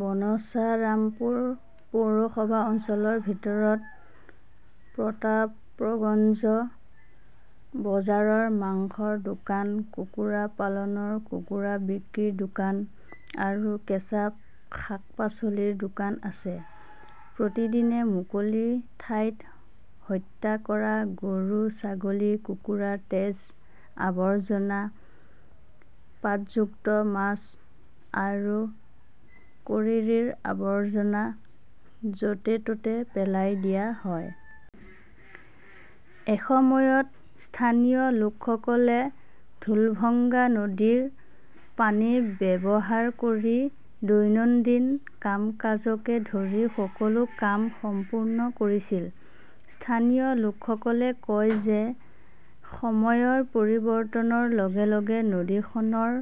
বনচাৰামপুৰ পৌৰসভা অঞ্চলৰ ভিতৰত প্ৰতাপগঞ্জ বজাৰৰ মাংসৰ দোকান, কুকুৰা পালনৰ কুকুৰা বিক্ৰীৰ দোকান আৰু কেঁচা শাক-পাচলিৰ দোকান আছে। প্ৰতিদিনে মুকলি ঠাইত হত্যা কৰা গৰু-ছাগলী, কুকুৰাৰ তেজ, আৱৰ্জনা, পাতযুক্ত মাছ আৰু কৰিৰিৰ আৱৰ্জনা য'তে -ত'তে পেলাই দিয়া হয়। এসময়ত স্থানীয় লোকসকলে ঢোলভঙ্গা নদীৰ পানী ব্যৱহাৰ কৰি দৈনন্দিন কাম-কাজকে ধৰি সকলো কাম সম্পূৰ্ণ কৰিছিল। স্থানীয় লোকসকলে কয় যে সময়ৰ পৰিৱৰ্তনৰ লগে লগে নদীখনৰ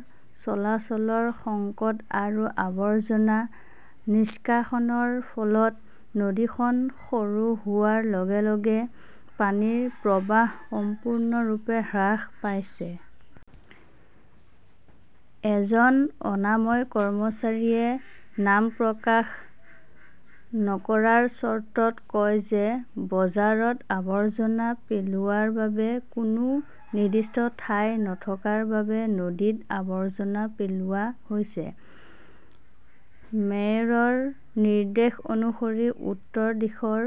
চলাচলৰ সংকট আৰু আৱৰ্জনা নিষ্কাশনৰ ফলত নদীখন সৰু হোৱাৰ লগে লগে পানীৰ প্ৰৱাহ সম্পূৰ্ণৰূপে হ্ৰাস পাইছে। এজন অনাময় কৰ্মচাৰীয়ে নাম প্ৰকাশ নকৰাৰ চৰ্তত কয় যে বজাৰত আৱৰ্জনা পেলোৱাৰ বাবে কোনো নিৰ্দিষ্ট ঠাই নথকাৰ বাবে নদীত আৱৰ্জনা পেলোৱা হৈছে। মেয়ৰৰ নিৰ্দেশ অনুসৰি উত্তৰ দিশৰ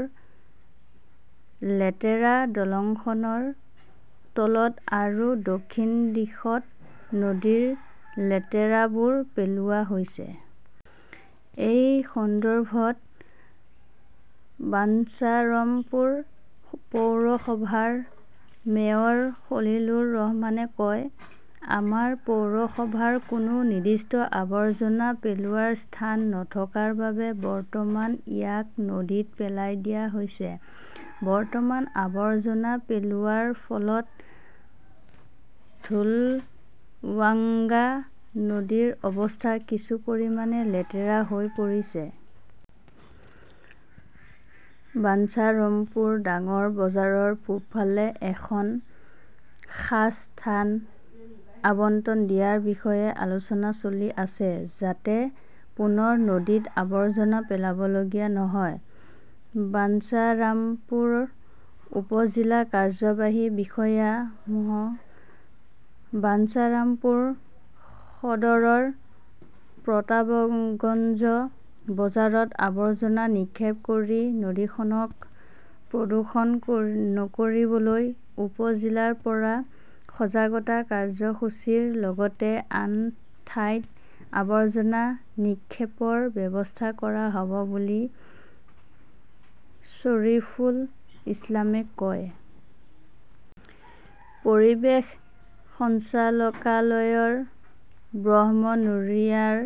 লেতেৰা দলংখনৰ তলত আৰু দক্ষিণ দিশত নদীৰ লেতেৰাবোৰ পেলোৱা হৈছে। এই সন্দৰ্ভত বাঞ্চাৰমপুৰ পৌৰসভাৰ মেয়ৰ খলিলুৰ ৰহমানে কয়, আমাৰ পৌৰসভাৰ কোনো নিৰ্দিষ্ট আৱৰ্জনা পেলোৱাৰ স্থান নথকাৰ বাবে বৰ্তমান ইয়াক নদীত পেলাই দিয়া হৈছে। বৰ্তমান, আৱৰ্জনা পেলোৱাৰ ফলত ঢোলৱাংগা নদীৰ অৱস্থা কিছু পৰিমাণে লেতেৰা হৈ পৰিছে। বাঞ্চাৰমপুৰ ডাঙৰ বজাৰৰ পূবফালে এখন খাছ স্থান আবণ্টন দিয়াৰ বিষয়ে আলোচনা চলি আছে যাতে পুনৰ নদীত আৱৰ্জনা পেলাবলগীয়া নহয়। বানচাৰামপুৰ উপ-জিলা কাৰ্যবাহী বিষয়া মো. বাঞ্চাৰামপুৰ সদৰৰ প্ৰতাবগঞ্জ বজাৰত আৱৰ্জনা নিক্ষেপ কৰি নদীখনক প্ৰদূষণ নকৰিবলৈ উপ-জিলাৰ পৰা সজাগতা কাৰ্যসূচীৰ লগতে আন ঠাইত আৱৰ্জনা নিক্ষেপৰ ব্যৱস্থা কৰা হ'ব বুলি শৰীফুল ইছলামে কয়। পৰিৱেশ সঞ্চালকালয়ৰ ব্ৰহ্মনৰিয়াৰ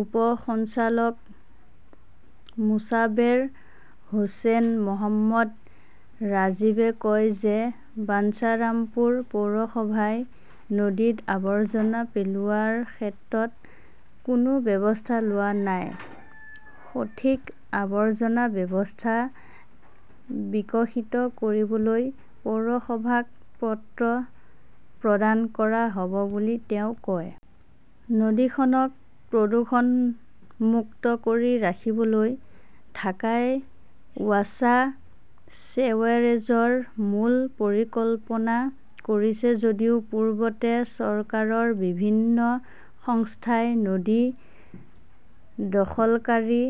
উপ সঞ্চালক মোছাবেৰ হোসেন মহম্মদ ৰাজীবে কয় যে বাঞ্চাৰামপুৰ পৌৰসভাই নদীত আৱৰ্জনা পেলোৱাৰ ক্ষেত্ৰত কোনো ব্যৱস্থা লোৱা নাই। সঠিক আৱৰ্জনা ব্যৱস্থা বিকশিত কৰিবলৈ পৌৰসভাক পত্ৰ প্ৰদান কৰা হ'ব বুলি তেওঁ কয়। নদীখনক প্ৰদূষণমুক্ত কৰি ৰাখিবলৈ ঢাকাই ৱাছা ছেৱেৰেজৰ মূল পৰিকল্পনা কৰিছে যদিও পূৰ্বতে চৰকাৰৰ বিভিন্ন সংস্থাই নদী দখলকাৰী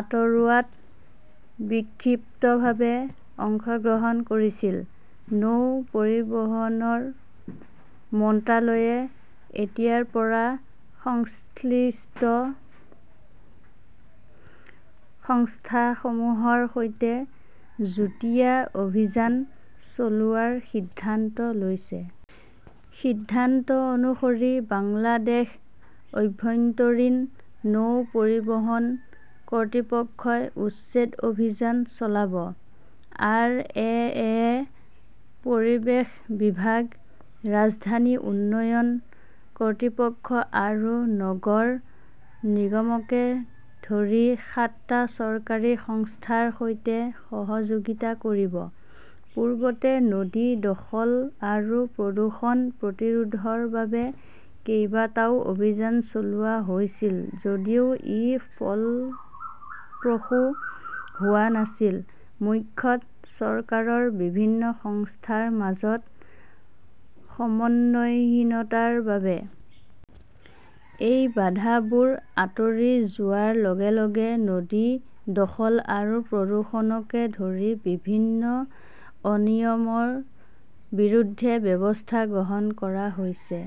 আঁতৰোৱাত বিক্ষিপ্তভাৱে অংশগ্ৰহণ কৰিছিল। নৌ পৰিবহণৰ মন্ত্ৰালয়ে এতিয়াৰ পৰা সংশ্লিষ্ট সংস্থাসমূহৰ সৈতে যুটীয়া অভিযান চলোৱাৰ সিদ্ধান্ত লৈছে। সিদ্ধান্ত অনুসৰি বাংলাদেশ আভ্যন্তৰীণ নৌ পৰিবহণ কৰ্তৃপক্ষই উচ্ছেদ অভিযান চলাব। আৰ. এ. -য়ে পৰিৱেশ বিভাগ, ৰাজধানী উন্নয়ন কৰ্তৃপক্ষ আৰু নগৰ নিগমকে ধৰি সাতটা চৰকাৰী সংস্থাৰ সৈতে সহযোগিতা কৰিব। পূৰ্বতে নদী দখল আৰু প্ৰদূষণ প্ৰতিৰোধৰ বাবে কেইবাটাও অভিযান চলোৱা হৈছিল যদিও ই ফলপ্ৰসূ হোৱা নাছিল। মুখ্যতঃ চৰকাৰৰ বিভিন্ন সংস্থাৰ মাজত সমন্বয়হীনতাৰ বাবে। এই বাধাবোৰ আঁতৰি যোৱাৰ লগে লগে নদী দখল আৰু প্ৰদূষণকে ধৰি বিভিন্ন অনিয়মৰ বিৰুদ্ধে ব্যৱস্থা গ্ৰহণ কৰা হৈছে।